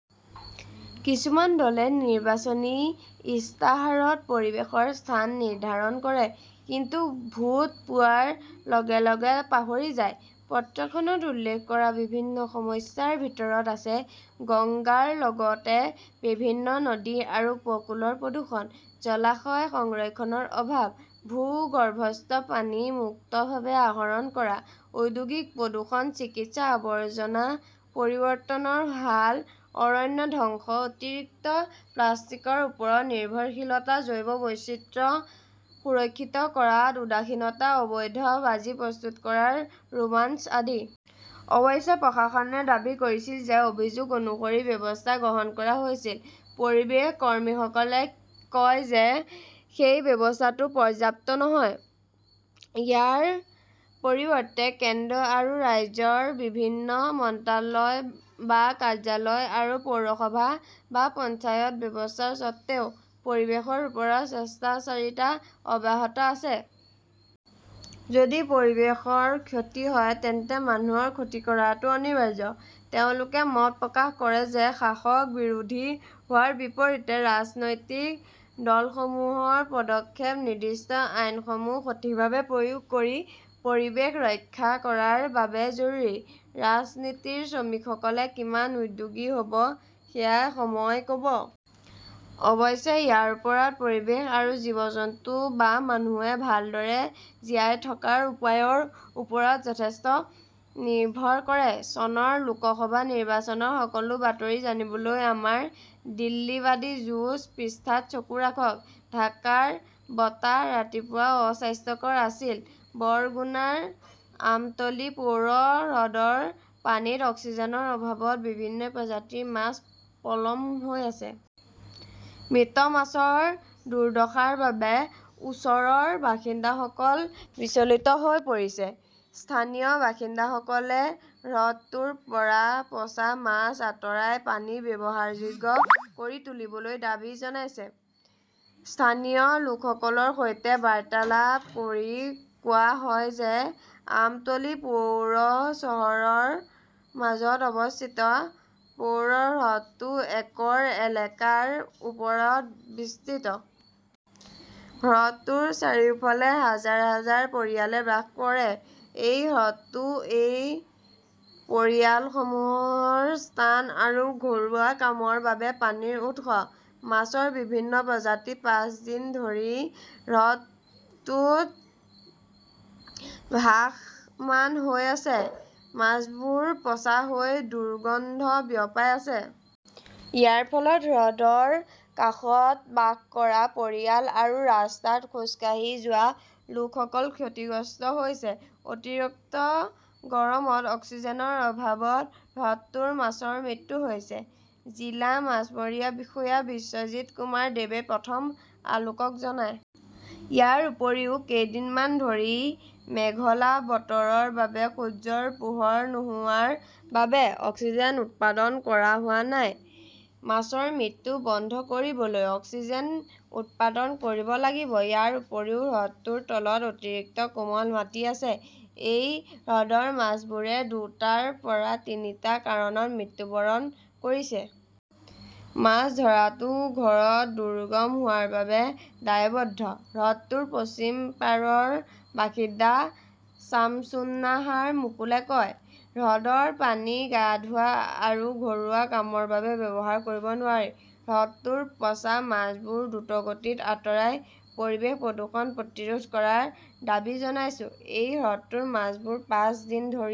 কিছুমান দলে নিৰ্বাচনী ইস্তাহাৰত পৰিৱেশৰ স্থান নিৰ্ধাৰণ কৰে, কিন্তু ভোট পোৱাৰ লগে লগে পাহৰি যায়। "পত্ৰখনত উল্লেখ কৰা বিভিন্ন সমস্যাৰ ভিতৰত আছে গংগাৰ লগতে বিভিন্ন নদী আৰু উপকূলৰ প্ৰদূষণ, জলাশয় সংৰক্ষণৰ অভাৱ, ভূগৰ্ভস্থ পানী মুক্তভাৱে আহৰণ কৰা, ঔদ্যোগিক প্ৰদূষণ, চিকিৎসা আৱৰ্জনা পৰিৱৰ্তনৰ হাল, অৰণ্য ধ্বংস, অতিৰিক্ত প্লাষ্টিকৰ ওপৰত নিৰ্ভৰশীলতা, জৈৱ বৈচিত্ৰ্য সুৰক্ষিত কৰাত উদাসীনতা, অবৈধ বাজি প্ৰস্তুত কৰাৰ ৰোমাঞ্চ আদি। অৱশ্যে, প্ৰশাসনে দাবী কৰিছিল যে অভিযোগ অনুসৰি ব্যৱস্থা গ্ৰহণ কৰা হৈছিল। পৰিৱেশ কৰ্মীসকলে কয় যে সেই ব্যৱস্থাটো পৰ্যাপ্ত নহয়। ইয়াৰ পৰিৱৰ্তে, কেন্দ্ৰ আৰু ৰাজ্যৰ বিভিন্ন মন্ত্ৰালয় বা কাৰ্যালয় আৰু পৌৰসভা বা পঞ্চায়ত ব্যৱস্থাৰ স্বত্বেও পৰিৱেশৰ ওপৰত স্বেচ্ছাচাৰিতা অব্যাহত আছে। যদি পৰিৱেশৰ ক্ষতি হয় তেন্তে মানুহৰ ক্ষতি কৰাটো অনিবাৰ্য। তেওঁলোকে মত প্ৰকাশ কৰে যে শাসক-বিৰোধী হোৱাৰ বিপৰীতে ৰাজনৈতিক দলসমূহৰ পদক্ষেপ নিৰ্দিষ্ট আইনসমূহ সঠিকভাৱে প্ৰয়োগ কৰি পৰিৱেশ ৰক্ষা কৰাৰ বাবে জৰুৰী। ৰাজনীতিৰ শ্ৰমিকসকলে কিমান উদ্যোগী হ "ব সেয়া সময়ই ক" ব। অৱশ্যে, ইয়াৰ ওপৰত পৰিৱেশ আৰু জীৱ-জন্তু বা মানুহে ভালদৰে জীয়াই থকাৰ উপায়ৰ ওপৰত যথেষ্ট নিৰ্ভৰ কৰে। চনৰ লোকসভা নিৰ্বাচনৰ সকলো বাতৰি জানিবলৈ আমাৰ 'দিল্লীবাদী যুঁজ "পৃষ্ঠাত চকু ৰাখক। ঢাকাৰ বতাহ ৰাতিপুৱা অস্বাস্থ্যকৰ আছিল বৰগুনাৰ আমটলী পৌৰ হ্ৰদৰ পানীত অক্সিজেনৰ অভাৱত বিভিন্ন প্ৰজাতিৰ মাছ পলম হৈ আছে। মৃত মাছৰ দুৰ্দশাৰ বাবে ওচৰৰ বাসিন্দাসকল বিচলিত হৈ পৰিছে। স্থানীয় বাসিন্দাসকলে হ্ৰদটোৰ পৰা পচা মাছ আঁতৰাই পানী ব্যৱহাৰযোগ্য কৰি তুলিবলৈ দাবী জনাইছে। স্থানীয় লোকসকলৰ সৈতে বাৰ্তালাপ কৰি কোৱা হয় যে আমটলী পৌৰ চহৰৰ মাজত অৱস্থিত পৌৰ হ্ৰদটো একৰ এলেকাৰ ওপৰত বিস্তৃত। হ্ৰদটোৰ চাৰিওফালে হাজাৰ হাজাৰ পৰিয়ালে বাস কৰে। এই হ্ৰদটো এই পৰিয়ালসমূহৰ স্নান আৰু ঘৰুৱা কামৰ বাবে পানীৰ উৎস। মাছৰ বিভিন্ন প্ৰজাতি পাঁচ দিন ধৰি হ্ৰদটোত ভাসমান হৈ আছে। মাছবোৰ পচা হৈ দুৰ্গন্ধ বিয়পাই আছে। ইয়াৰ ফলত হ্ৰদৰ কাষত বাস কৰা পৰিয়াল আৰু ৰাস্তাত খোজ কাঢ়ি যোৱা লোকসকল ক্ষতিগ্ৰস্ত হৈছে। অতিৰিক্ত গৰমত অক্সিজেনৰ অভাৱত হ্ৰদটোৰ মাছৰ মৃত্যু হৈছে ", জিলা মাছমৰীয়া বিষয়া বিশ্বজিত কুমাৰ দেৱে প্ৰথম আলোকক জনায়। ইয়াৰ উপৰিও, কেইদিনমান ধৰি মেঘলা বতৰৰ বাবে সূৰ্যৰ পোহৰ নোহোৱাৰ বাবে অক্সিজেন উৎপাদন কৰা হোৱা নাই। মাছৰ মৃত্যু বন্ধ কৰিবলৈ অক্সিজেন উৎপাদন কৰিব লাগিব। ইয়াৰ উপৰিও হ্ৰদটোৰ তলত অতিৰিক্ত কোমল মাটি আছে। এই হ্ৰদৰ মাছবোৰে দুটাৰ পৰা তিনিটা কাৰণত মৃত্যুবৰণ কৰিছে। "মাছ ধৰাটো ঘৰত দুৰ্গম হোৱাৰ বাবে দায়বদ্ধ", হ্ৰদটোৰ পশ্চিমপাৰাৰ বাসিন্দা ছামছুন্নাহাৰ মুকুলে কয়। হ্ৰদৰ পানী গা ধোৱা আৰু ঘৰুৱা কামৰ বাবে ব্যৱহাৰ কৰিব নোৱাৰি। হ্ৰদটোৰ পচা মাছবোৰ দ্ৰুতগতিত আঁতৰাই পৰিৱেশ প্ৰদূষণ প্ৰতিৰোধ কৰাৰ দাবী জনাইছো। "এই হ্ৰদটোৰ মাছবোৰ পাঁচ দিন ধৰি